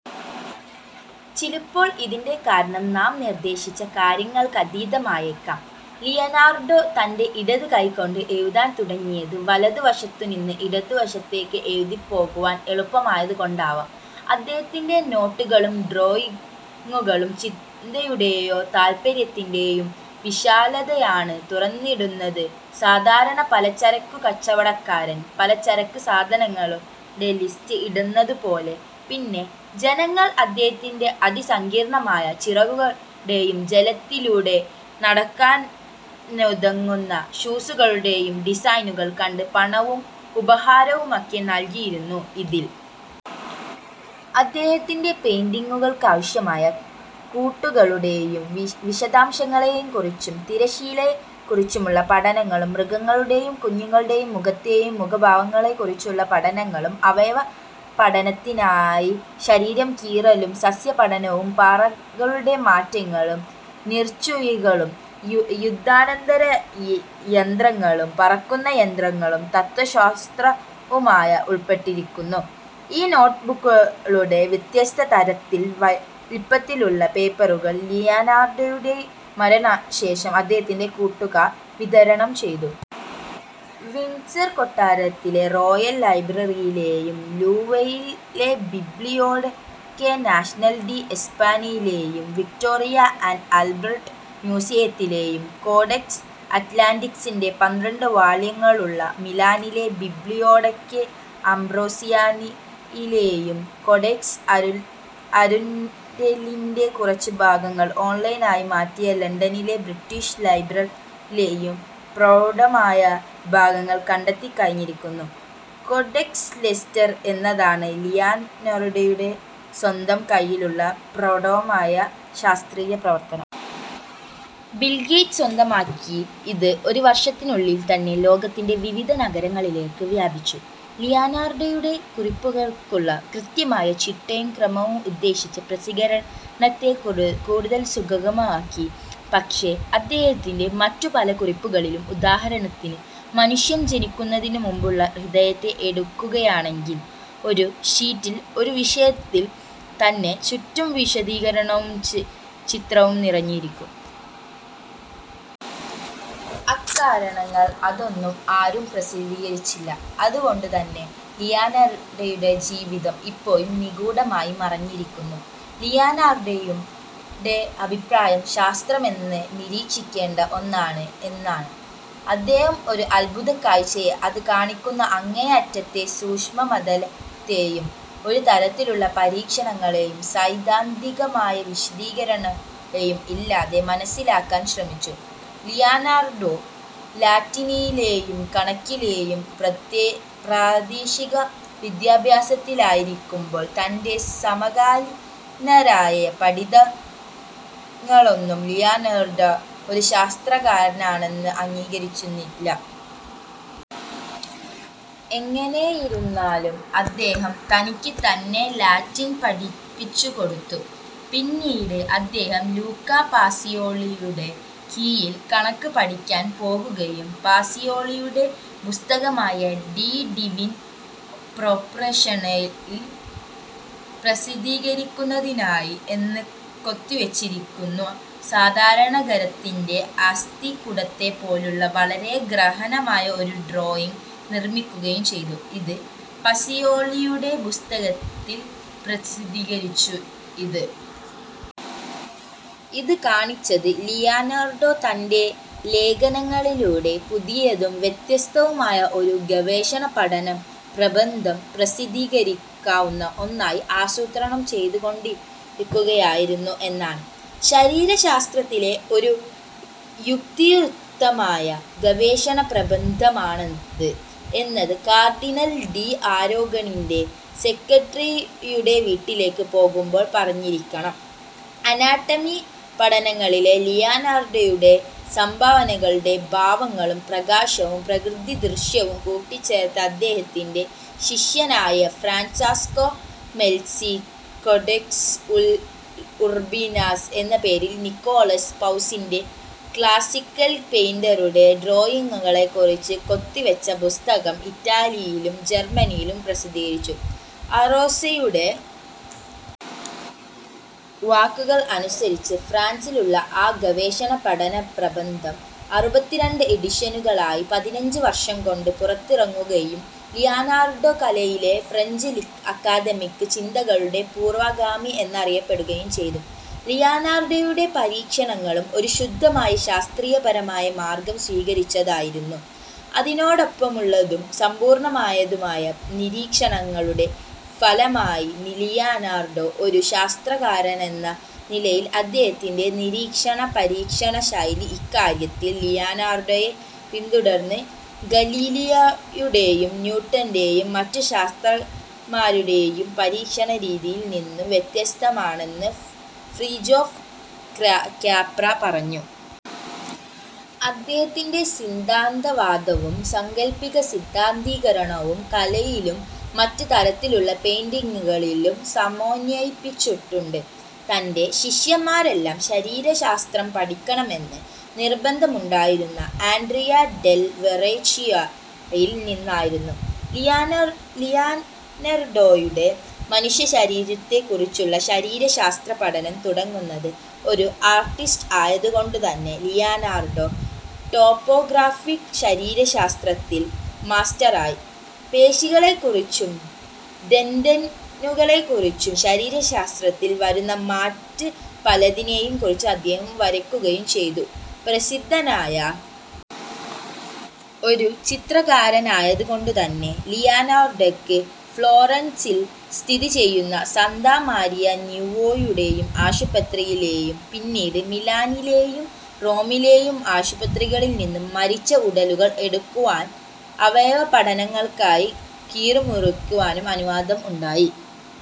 ചിലപ്പോൾ ഇതിൻ്റെ കാരണം നാം നിർദ്ദേശിച്ച കാര്യങ്ങൾക്കതീതമായേക്കാം. ലിയനാർഡോ തൻ്റെ ഇടത് കൈ കൊണ്ട് എഴുതാൻ തുടങ്ങിയത് വലതുവശത്തുനിന്ന് ഇടതുവശത്തേക്ക് എഴുതി പോകുവാൻ എളുപ്പമായതുകൊണ്ടാവാം. അദ്ദേഹത്തിൻ്റെ നോട്ടുകളും ഡ്രോയിങ്ങുകളും ചിന്തയുടെയും താത്പര്യത്തിൻ്റെ യും വിശാലതയാണ് തുറന്നിടുന്നത്, സാധാരണ പലചരക്കുകച്ചവടക്കാരൻ പലചരക്ക് സാധനങ്ങളുടെ ലിസ്റ്റ് ഇടുന്നതുപോലെ. പിന്നെ ജനങ്ങൾ അദ്ദേഹത്തിൻ്റെ അതിസങ്കീർണമായ ചിറകുകളുടെയും ജലത്തിലൂടെ നടക്കാനുതകുന്ന ഷൂസുകളുടെയും ഡിസൈനുകൾ കണ്ട് പണവും ഉപഹാരവുമൊക്കെ നൽകിയിരുന്നു. ഇതിൽ അദ്ദേഹത്തിൻ്റെ പെയിന്റിങ്ങുകൾക്കാവശ്യമായ കൂട്ടുകളുടെയും വിശദാംശങ്ങളെക്കുറിച്ചും തിരശ്ശീലയെക്കുറിച്ചുമുള്ള പഠനങ്ങളും മൃഗങ്ങളുടെയും കുഞ്ഞുങ്ങളുടെയും മുഖത്തെയും മുഖഭാവങ്ങളെയും കുറിച്ചുള്ള പഠനങ്ങളും അവയവപഠനത്തിനായി ശരീരം കീറലും സസ്യപഠനവും പാറകളുടെ മാറ്റങ്ങളും നീർച്ചുഴികളും യുദ്ധാനന്തര യന്ത്രങ്ങളും പറക്കുന്ന യന്ത്രങ്ങളും തത്ത്വശാസ്ത്രവുമെല്ലാം ഉൾപ്പെട്ടിരിക്കുന്നു.ഈ നോട്ടുബുക്കുകളുടെ വ്യത്യസ്ത തരത്തിലും വലിപ്പത്തിലുമുള്ള പേപ്പറുകൾ ലിയനാർഡോയുടെ മരണശേഷം അദ്ദേഹത്തിൻ്റെ കൂട്ടുകാർ വിതരണം ചെയ്തു. വിൻഡ്സർ കൊട്ടാരത്തിലെ റോയൽ ലൈബ്രറിയിലെയും ലൂവ്രേയിലെയും ബിബ്ലിയോടെകാ നാഷണൽ ഡി എസ്പാനയിലെയും വിക്ടോറിയ ആന്റ് ആൽബർട്ട് മ്യൂസിയത്തിലെയും കോഡെക്സ് അറ്റ്ലാന്റിക്കസിൻ്റെ പന്ത്രണ്ട് വാള്യങ്ങളുള്ള മിലാനിലെ ബിബ്ലിയോടെകാ അംബ്രോസിയാനയിലെയും കോഡെക്സ് അരുൻഡെലിൻ്റെ കുറച്ച് ഭാഗങ്ങൾ ഓൺലൈനായി മാറ്റിയ ലണ്ടനിലെ ബ്രിട്ടീഷ് ലൈബ്രറിയിലെയും പ്രൗഢമായ ഭാഗങ്ങൾ കണ്ടെത്തിക്കഴിഞ്ഞിരിക്കുന്നു. കോഡെക്സ് ലെസ്റ്റർ എന്നതാണ് ലിയനാർഡോയുടെ സ്വന്തം കൈയ്യിലുള്ള പ്രൗഢമായ ശാസ്ത്രീയ പ്രവർത്തനം. ബിൽ ഗേറ്റ്സ് സ്വന്തമാക്കിയ ഇത് ഒരു വർഷത്തിനുള്ളിൽ തന്നെ ലോകത്തിൻ്റെ വിവിധ നഗരങ്ങളിലേക്ക് വ്യാപിച്ചു. ലിയനാർഡോയുടെ കുറിപ്പുകൾക്കുള്ള കൃത്യമായ ചിട്ടയും ക്രമവും ഉദ്ദേശിച്ച പ്രസിദ്ധീകരണത്തെ കൂടുതൽ സുഗമമാക്കി. പക്ഷെ അദ്ദേഹത്തിൻ്റെ മറ്റു പല കുറിപ്പുകളിലും, ഉദാഹരണത്തിന് മനുഷ്യൻ ജനിക്കുന്നതിനുമുമ്പുള്ള ഹൃദയത്തെ എടുക്കുകയാണെങ്കിൽ, ഒരു ഷീറ്റിൽ ഒരു വിഷയത്തിൽ തന്നെ ചുറ്റും വിശദീകരണവും ചിത്രവും നിറഞ്ഞിരിക്കും. അക്കാരണങ്ങളാൽ അതൊന്നും ആരും പ്രസിദ്ധീകരിച്ചില്ല. അതുകൊണ്ടുതന്നെ ലിയനാർഡോയുടെ ജീവിതം ഇപ്പോഴും നിഗൂഢമായി മറഞ്ഞിരിക്കുന്നു. ലിയനാർഡോയുടെ അഭിപ്രായം ശാസ്ത്രമെന്നത് നിരീക്ഷിക്കേണ്ട ഒന്നാണ് എന്നാണ്. അദ്ദേഹം ഒരു അത്ഭുതകാഴ്ചയെ അത് കാണിക്കുന്ന അങ്ങേയറ്റത്തെ സൂക്ഷ്മതലത്തെയും ഒരുതരത്തിലുള്ള പരീക്ഷണങ്ങളും സൈദ്ധാന്തികമായ വിശദീകരണങ്ങളും ഇല്ലാതെ മനസ്സിലാക്കാൻ ശ്രമിച്ചു. ലിയനാർഡോ ലാറ്റിനിലെയും കണക്കിലെയും പ്രാദേശിക വിദ്യാഭ്യാസത്തിലായിരിക്കുമ്പോൾ തൻ്റെ സമകാലീനരായ പഠിതാക്കളൊന്നും ലിയനാർഡോ ഒരു ശാസ്ത്രകാരനാണെന്ന് അംഗീകരിച്ചിരുന്നില്ല. എങ്ങനെയിരുന്നാലും അദ്ദേഹം തനിക്ക് തന്നെ ലാറ്റിൻ പഠിപ്പിച്ചുകൊടുത്തു. പിന്നീട് അദ്ദേഹം ലൂക്കാ പസിയോളിയുടെ കീഴിൽ കണക്ക് പഠിക്കാൻ പോകുകയും, പസിയോളിയുടെ പുസ്തകമായ ഡി ഡിവിന പ്രൊപ്പോർഷ്യോണിൽ പ്രസിദ്ധീകരിക്കുന്നതിനായി എന്ന് കൊത്തിവച്ചിരിക്കുന്ന സാധാരണ ഖരത്തിൻ്റെ അസ്ഥികൂടത്തെപ്പോലുള്ള വളരെ ഗ്രഹനമായ ഒരു ഡ്രോയിങ്ങ് നിർമ്മിക്കുകയും ചെയ്തു. ഇത് പസിയോളിയുടെ പുസ്തകത്തിൽ പ്രസിദ്ധീകരിച്ചു. ഇത് കാണിച്ചത് ലിയനാർഡോ തൻ്റെ ലേഖനങ്ങളിലൂടെ പുതിയതും വ്യത്യസ്തവുമായ ഒരു ഗവേഷണപഠനപ്രബന്ധം പ്രസിദ്ധീകരിക്കാവുന്ന ഒന്നായി ആസൂത്രണം ചെയ്തുകൊണ്ടിരിക്കുകയായിരുന്നു എന്നാണ്. ശരീരശാസ്ത്രത്തിലെ ഒരു യുക്തിയുക്തമായ ഗവേഷണപ്രബന്ധമാണത് എന്ന് കാർഡിനാൽ ഡി അരാഗോണിൻ്റെ സെക്രട്ടറിയുടെ വീട്ടിലേക്ക് പോകുമ്പോൾ പറഞ്ഞിരിക്കണം. അനാട്ടമി പഠനങ്ങളിലെ ലിയനാർഡോയുടെ സംഭാവനകളുടെ ഭാവങ്ങളും പ്രകാശവും പ്രകൃതിദൃശ്യവും കൂട്ടിച്ചേർത്ത് അദ്ദേഹത്തിൻ്റെ ശിഷ്യനായ ഫ്രാൻസെസ്കോ മെൽസി കോഡെക്സ് ഉർബിനാസ് എന്ന പേരിൽ നിക്കോളാസ് പൗസിൻ്റെ ക്ലാസിക്കൽ പെയിന്ററുടെ ഡ്രോയിങ്ങുകളെക്കുറിച്ച് കൊത്തിവച്ച പുസ്തകം ഇറ്റലിയിലും ജർമ്മനിയിലും പ്രസിദ്ധീകരിച്ചു. അറാസ്സെയുടെ വാക്കുകൾ അനുസരിച്ച് ഫ്രാൻസിലുള്ള ആ ഗവേഷണപഠനപ്രബന്ധം അറുപത്തിരണ്ട് എഡിഷനുകളായി പതിനഞ്ച് വർഷം കൊണ്ട് പുറത്തിറങ്ങുകയും ലിയനാർഡോ കലയിലെ ഫ്രഞ്ച് അക്കാദമിക് ചിന്തകളുടെ പൂർവഗാമി എന്നറിയപ്പെടുകയും ചെയ്തു. ലിയനാർഡോയുടെ പരീക്ഷണങ്ങളും ഒരു ശുദ്ധമായ ശാസ്ത്രീയപരമായ മാർഗം സ്വീകരിച്ചതായിരുന്നു. അതിനോടൊപ്പമുള്ളതും സമ്പൂർണമായതുമായ നിരീക്ഷണങ്ങളുടെ ഫലമായി ലിയനാർഡോ ഒരു ശാസ്ത്രകാരനെന്ന നിലയിൽ അദ്ദേഹത്തിൻ്റെ നിരീക്ഷണ പരീക്ഷണ ശൈലി ഇക്കാര്യത്തിൽ ലിയനാർഡോയെ പിന്തുടർന്ന ഗലീലിയോയുടെയും ന്യൂട്ടൻ്റെ യും മറ്റു ശാസ്ത്രകാരന്മാരുടെയും പരീക്ഷണരീതിയിൽ നിന്നും വ്യത്യസ്തമാണെന്ന് ഫ്രിജോഫ് കാപ്ര പറഞ്ഞു. അദ്ദേഹത്തിൻ്റെ സിദ്ധാന്തവാദവും സാങ്കൽപിക സിദ്ധാന്തീകരണവും കലയിലും മറ്റ് തരത്തിലുള്ള പെയിന്റിങ്ങുകളിലും സമന്വയിപ്പിച്ചിട്ടുണ്ട്. തൻ്റെ ശിഷ്യന്മാരെല്ലാം ശരീരശാസ്ത്രം പഠിക്കണമെന്ന് നിർബന്ധമുണ്ടായിരുന്ന ആൻഡ്രിയ ഡെൽ വെറോച്ചിയോയിൽ നിന്നായിരുന്നു ലിയനാർഡോയുടെ മനുഷ്യശരീരത്തെക്കുറിച്ചുള്ള ശരീരശാസ്ത്ര പഠനം തുടങ്ങുന്നത്. ഒരു ആർട്ടിസ്റ്റ് ആയതുകൊണ്ടുതന്നെ ലിയനാർഡോ ടോപ്പോഗ്രാഫിക് ശരീരശാസ്ത്രത്തിൽ മാസ്റ്ററായി. പേശികളെക്കുറിച്ചും ടെൻഡനുകളെക്കുറിച്ചും ശരീരശാസ്ത്രത്തിൽ വരുന്ന മറ്റ് പലതിനെയും കുറിച്ച് അദ്ദേഹം വരയ്ക്കുകയും ചെയ്തു. പ്രസിദ്ധനായ ഒരു ചിത്രകാരനായതുകൊണ്ടുതന്നെ ലിയനാർഡോക്ക് ഫ്ലോറൻസിൽ സ്ഥിതിചെയ്യുന്ന സാന്താ മരിയ ന്യൂവോയുടെ ആശുപത്രിയിലെയും പിന്നീട് മിലാനിലെയും റോമിലെയും ആശുപത്രികളിൽ നിന്ന് മരിച്ച ഉടലുകൾ എടുക്കുവാനും അവയവപഠനങ്ങൾക്കായി കീറിമുറിക്കാനും അനുവാദം ഉണ്ടായി.